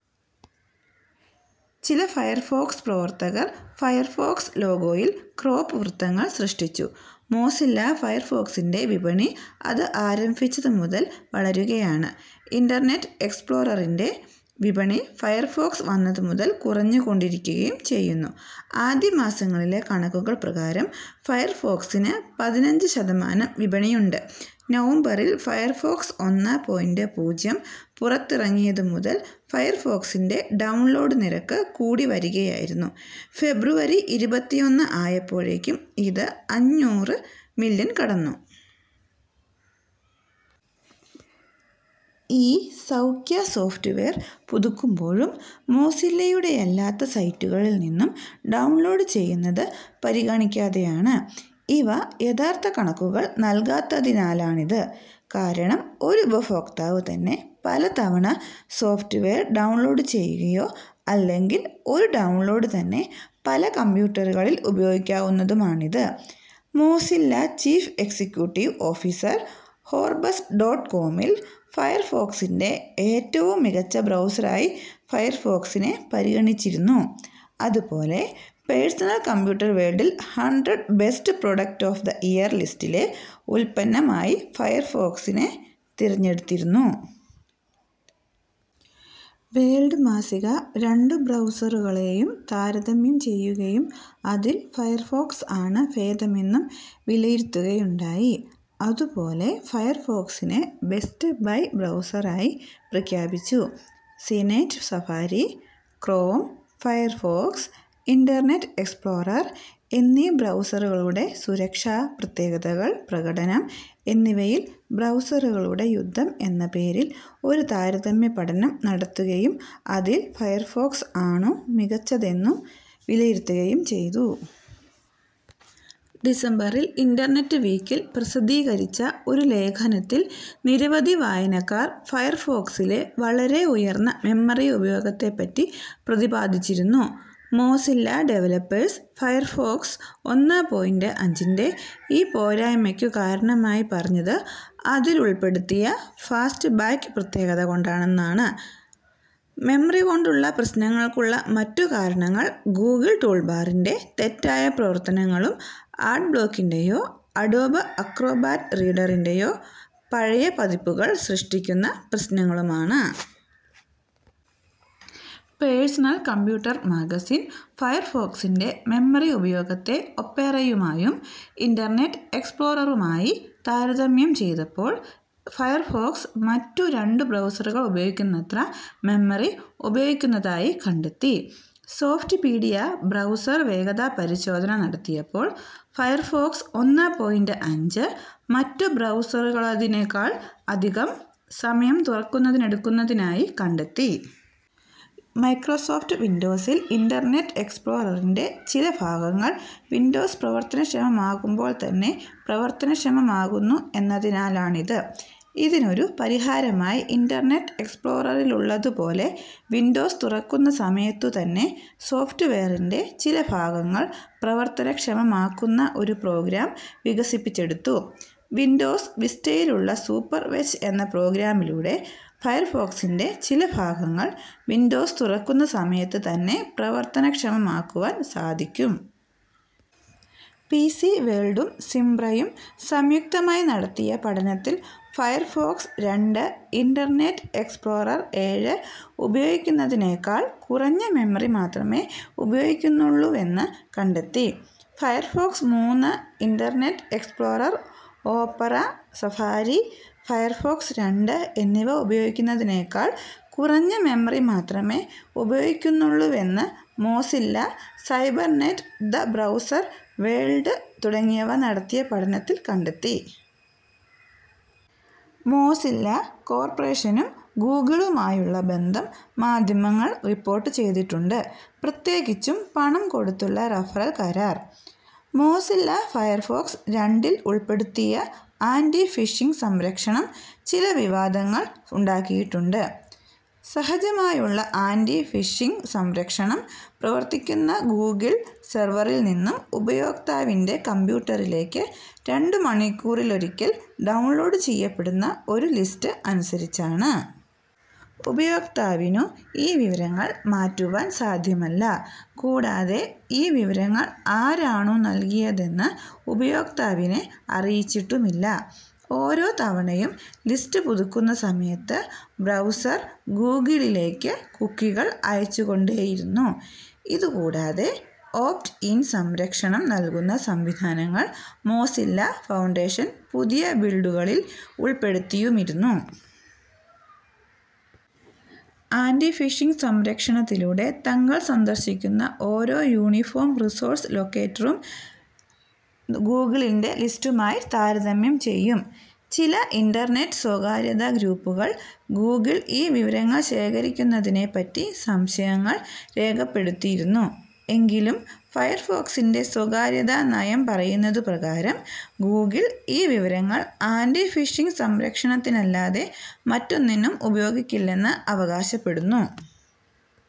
ചില ഫയർഫോക്സ് പ്രവർത്തകർ ഫയർഫോക്സ് ലോഗോയിൽ ക്രോപ്പ് വൃത്തങ്ങൾ സൃഷ്ടിച്ചു. മോസില്ല ഫയർഫോക്സിൻ്റെ വിപണി അത് ആരംഭിച്ചത് മുതൽ വളരുകയാണ്. ഇൻ്റർനെറ്റ് എക്സ്പ്ലോററിൻ്റെ വിപണി ഫയർഫോക്സ് വന്നതു മുതൽ കുറഞ്ഞുകൊണ്ടിരിക്കുകയും ചെയ്യുന്നു. ആദ്യമാസങ്ങളിലെ കണക്കുകൾ പ്രകാരം ഫയർഫോക്സിന് പതിനഞ്ച് ശതമാനം വിപണിയുണ്ട്. നവംബറിൽ ഫയർഫോക്സ് ഒന്ന് പോയിൻ്റ് പൂജ്യം പുറത്തിറങ്ങിയതു മുതൽ ഫയർഫോക്സിൻ്റെ ഡൗൺലോഡ് നിരക്ക് കൂടി വരികയായിരുന്നു, ഫെബ്രുവരി ഇരുപത്തിയൊന്ന് ആയപ്പോഴേക്കും ഇത് അഞ്ഞൂറ് മില്യൺ കടന്നു. ഈ സംഖ്യ സോഫ്റ്റ്‌വെയർ പുതുക്കുമ്പോഴും, മോസില്ലയുടെയല്ലാത്ത സൈറ്റുകളിൽ നിന്നും ഡൗൺലോഡ് ചെയ്യുന്നത് പരിഗണിക്കാതെയാണ്. ഇവ യഥാർത്ഥ കണക്കുകൾ നൽകാത്തതിനാലാണിത്, കാരണം ഒരു ഉപയോക്താവ് തന്നെ പലതവണ സോഫ്റ്റ്‌വെയർ ഡൗൺലോഡ് ചെയ്യുകയോ അല്ലെങ്കിൽ ഒരു ഡൗൺലോഡ് തന്നെ പല കമ്പ്യൂട്ടറുകളിൽ ഉപയോഗിക്കാവുന്നതുമാണിത്. Mozilla chief executive officer Forbes dot കോമിൽ ഫയർഫോക്സിൻ്റെ ഏറ്റവും മികച്ച ബ്രൗസറായി ഫയർഫോക്സിനെ പരിഗണിച്ചിരുന്നു, അതുപോലെ പേഴ്സണൽ കമ്പ്യൂട്ടർ വേൾഡിൽ "hundred best product of the year" ലിസ്റ്റിലെ ഉൽപ്പന്നം ആയി ഫയർഫോക്സിനെ തിരഞ്ഞെടുത്തിരുന്നു. വേൾഡ് മാസിക രണ്ടു ബ്രൗസറുകളെയും താരതമ്യം ചെയ്യുകയും അതിൽ ഫയർഫോക്സ് ആണ് ഭേദമെന്നും വിലയിരുത്തുകയുണ്ടായി. അതുപോലെ ഫയർഫോക്സിനെ ബെസ്റ്റ് ബൈ ബ്രൗസറായി പ്രഖ്യാപിച്ചു. CNET Safari, Chrome, Firefox, Internet Explorer എന്നീ ബ്രൗസറുകളുടെ സുരക്ഷ പ്രത്യേകതകൾ പ്രകടനം എന്നിവയിൽ ബ്രൗസറുകളുടെ യുദ്ധം എന്ന പേരിൽ ഒരു താരതമ്യപഠനം നടത്തുകയും അതിൽ ഫയർഫോക്സ് ആണു മികച്ചതെന്നു വിലയിരുത്തുകയും ചെയ്തു. ഡിസംബറിൽ ഇൻ്റർനെറ്റ് വീക്കിൽ പ്രസിദ്ധീകരിച്ച ഒരു ലേഖനത്തിൽ നിരവധി വായനക്കാർ ഫയർഫോക്സിലെ വളരെ ഉയർന്ന മെമ്മറി ഉപയോഗത്തെ പറ്റി പ്രതിപാദിച്ചിരുന്നു. മോസില്ല ഡെവലപ്പേർസ് ഫയർഫോക്സ് ഒന്ന് പോയിൻ്റ് അഞ്ചിൻ്റെ ഈ പോരായ്മക്കു കാരണമായി പറഞ്ഞത് അതിലുൾപ്പെടുത്തിയ ഫാസ്റ്റ്ബാക്ക് പ്രത്യേകത കൊണ്ടാണെന്നാണ്. മെമ്മറി കൊണ്ടുള്ള പ്രശ്നങ്ങൾക്കുള്ള മറ്റു കാരണങ്ങൾ ഗൂഗിൾ ടൂൾബാറിൻ്റെ തെറ്റായ പ്രവർത്തനങ്ങളും, ആഡ്ബ്ലോക്കിൻ്റെയോ, അഡോബ് അക്രോബാറ്റ് റീഡറിൻ്റെയോ പഴയ പതിപ്പുകൾ സൃഷ്ടിക്കുന്ന പ്രശ്നങ്ങളുമാണ്. പേഴ്സണൽ കമ്പ്യൂട്ടർ മാഗസിൻ ഫയർഫോക്സിൻ്റെ മെമ്മറി ഉപയോഗത്തെ ഒപേറയുമായും ഇൻ്റർനെറ്റ് എക്സ്പ്ലോററുമായി താരതമ്യം ചെയ്തപ്പോൾ ഫയർഫോക്സ് മറ്റു രണ്ടു ബ്രൗസറുകൾ ഉപയോഗിക്കുന്നത്ര മെമ്മറി ഉപയോഗിക്കുന്നതായി കണ്ടെത്തി. സോഫ്റ്റ്പീഡിയ ബ്രൗസർ വേഗതാ പരിശോധന നടത്തിയപ്പോൾ ഫയർഫോക്സ് ഒന്ന് പോയിൻ്റ് അഞ്ച് മറ്റു ബ്രൗസറുകളേതിനേക്കാൾ അധികം സമയം തുറക്കുന്നതിനെടുക്കുന്നതിനായി കണ്ടെത്തി. മൈക്രോസോഫ്റ്റ് വിൻഡോസിൽ ഇൻ്റർനെറ്റ് എക്സ്പ്ലോററിൻ്റെ ചില ഭാഗങ്ങൾ വിൻഡോസ് പ്രവർത്തനക്ഷമമാകുമ്പോൾ തന്നെ പ്രവർത്തനക്ഷമമാകുന്നു എന്നതിനാലാണിത്. ഇതിനൊരു പരിഹാരമായി ഇൻ്റർനെറ്റ് എക്സ്പ്ലോററിലുള്ളതു പോലെ, വിൻഡോസ് തുറക്കുന്ന സമയത്തു തന്നെ സോഫ്റ്റ്‌വെയറിൻ്റെ ചില ഭാഗങ്ങൾ പ്രവർത്തനക്ഷമമാക്കുന്ന ഒരു പ്രോഗ്രാം വികസിപ്പിച്ചെടുത്തു. വിൻഡോസ് വിസ്റ്റയിലുള്ള സൂപ്പർഫെച്ച് എന്ന പ്രോഗ്രാമിലൂടെ ഫയർഫോക്സിൻ്റെ ചില ഭാഗങ്ങൾ വിൻഡോസ് തുറക്കുന്ന സമയത്ത് തന്നെ പ്രവർത്തനക്ഷമമാക്കുവാൻ സാധിക്കും. പി. സി. വേൾഡും സിംബ്രയും സംയുക്തമായി നടത്തിയ പഠനത്തിൽ ഫയർഫോക്സ് രണ്ട്, ഇൻ്റർനെറ്റ് എക്സ്പ്ലൊറർ ഏഴ് ഉപയോഗിക്കുന്നതിനേക്കാൾ കുറഞ്ഞ മെമ്മറി മാത്രമേ ഉപയോഗിക്കുന്നുള്ളൂവെന്ന് കണ്ടെത്തി. ഫയർഫോക്സ് മൂന്ന് Internet Explorer, Opera, Safari, Firefox രണ്ട് എന്നിവ ഉപയോഗിക്കുന്നതിനേക്കാൾ കുറഞ്ഞ മെമ്മറി മാത്രമേ ഉപയോഗിക്കുന്നുള്ളുവെന്ന് Mozilla, Cybernet, the Browser World തുടങ്ങിയവ നടത്തിയ പഠനത്തിൽ കണ്ടെത്തി. മോസില്ല കോർപ്പറേഷനും ഗൂഗിളുമായുള്ള ബന്ധം മാധ്യമങ്ങൾ റിപ്പോർട്ട് ചെയ്തിട്ടുണ്ട്, പ്രത്യേകിച്ചും പണം കൊടുത്തുള്ള റഫറൽ കരാർ. മോസില്ല ഫയർഫോക്സ് രണ്ടിൽ ഉൾപ്പെടുത്തിയ ആൻ്റി ഫിഷിങ്ങ് സംരക്ഷണം ചില വിവാദങ്ങൾ ഉണ്ടാക്കിയിട്ടുണ്ട്.: സഹജമായുള്ള ആൻ്റി ഫിഷിങ്ങ് സംരക്ഷണം പ്രവർത്തിക്കുന്ന ഗൂഗിൾ സെർവറിൽ നിന്നും ഉപയോക്താവിന്റെ കമ്പ്യൂട്ടറിലേക്ക് രണ്ടു മണിക്കൂറിലൊരിക്കൽ ഡൗൺലോഡ് ചെയ്യപ്പെടുന്ന ഒരു ലിസ്റ്റ് അനുസരിച്ചാണ്. ഉപയോക്താവിനു ഈ വിവരങ്ങൾ മാറ്റുവാൻ സാദ്ധ്യമല്ല, കൂടാതെ ഈ വിവരങ്ങൾ ആരാണു നൽകുന്നതെന്ന് ഉപയോക്താവിനെ അറിയിച്ചിട്ടുമില്ല. ഓരോ തവണയും ലിസ്റ്റ് പുതുക്കുന്ന സമയത്ത് ബ്രൗസർ ഗൂഗിളിലേക്ക് കുക്കികൾ അയച്ചു കൊണ്ടേയിരുന്നു. ഇതു കൂടാതെ, ഓപ്റ്റ് -ഇൻ സംരക്ഷണം നൽകുന്ന സംവിധാനങ്ങൾ മോസില്ല ഫൗണ്ടേഷൻ പുതിയ ബിൽഡുകളിൽ ഉൾപ്പെടുത്തിയുമിരുന്നു. ആൻ്റി ഫിഷിങ്ങ് സംരക്ഷണത്തിലൂടെ, തങ്ങൾ സന്ദർശിക്കുന്ന ഓരോ യൂണിഫോം റിസോഴ്‌സ് ലൊക്കേറ്ററും ഗൂഗിളിൻ്റെ ലിസ്റ്റുമായി താരതമ്യം ചെയ്യും. ചില ഇൻ്റർനെറ്റ് സ്വകാര്യതാ ഗ്രൂപ്പുകൾ ഗൂഗിൾ ഈ വിവരങ്ങൾ ശേഖരിക്കുന്നതിനെ പറ്റി സംശയങ്ങൾ രേഖപ്പെടുത്തിയിരുന്നു, എങ്കിലും ഫയർഫോക്സിൻ്റെ സ്വകാര്യതാ നയം പറയുന്നതു പ്രകാരം ഗൂഗിൾ ഈ വിവരങ്ങൾ ആൻ്റി ഫിഷിങ്ങ് സംരക്ഷണത്തിനല്ലാതെ മറ്റൊന്നിനും ഉപയോഗിക്കില്ലെന്ന് അവകാശപ്പെടുന്നു.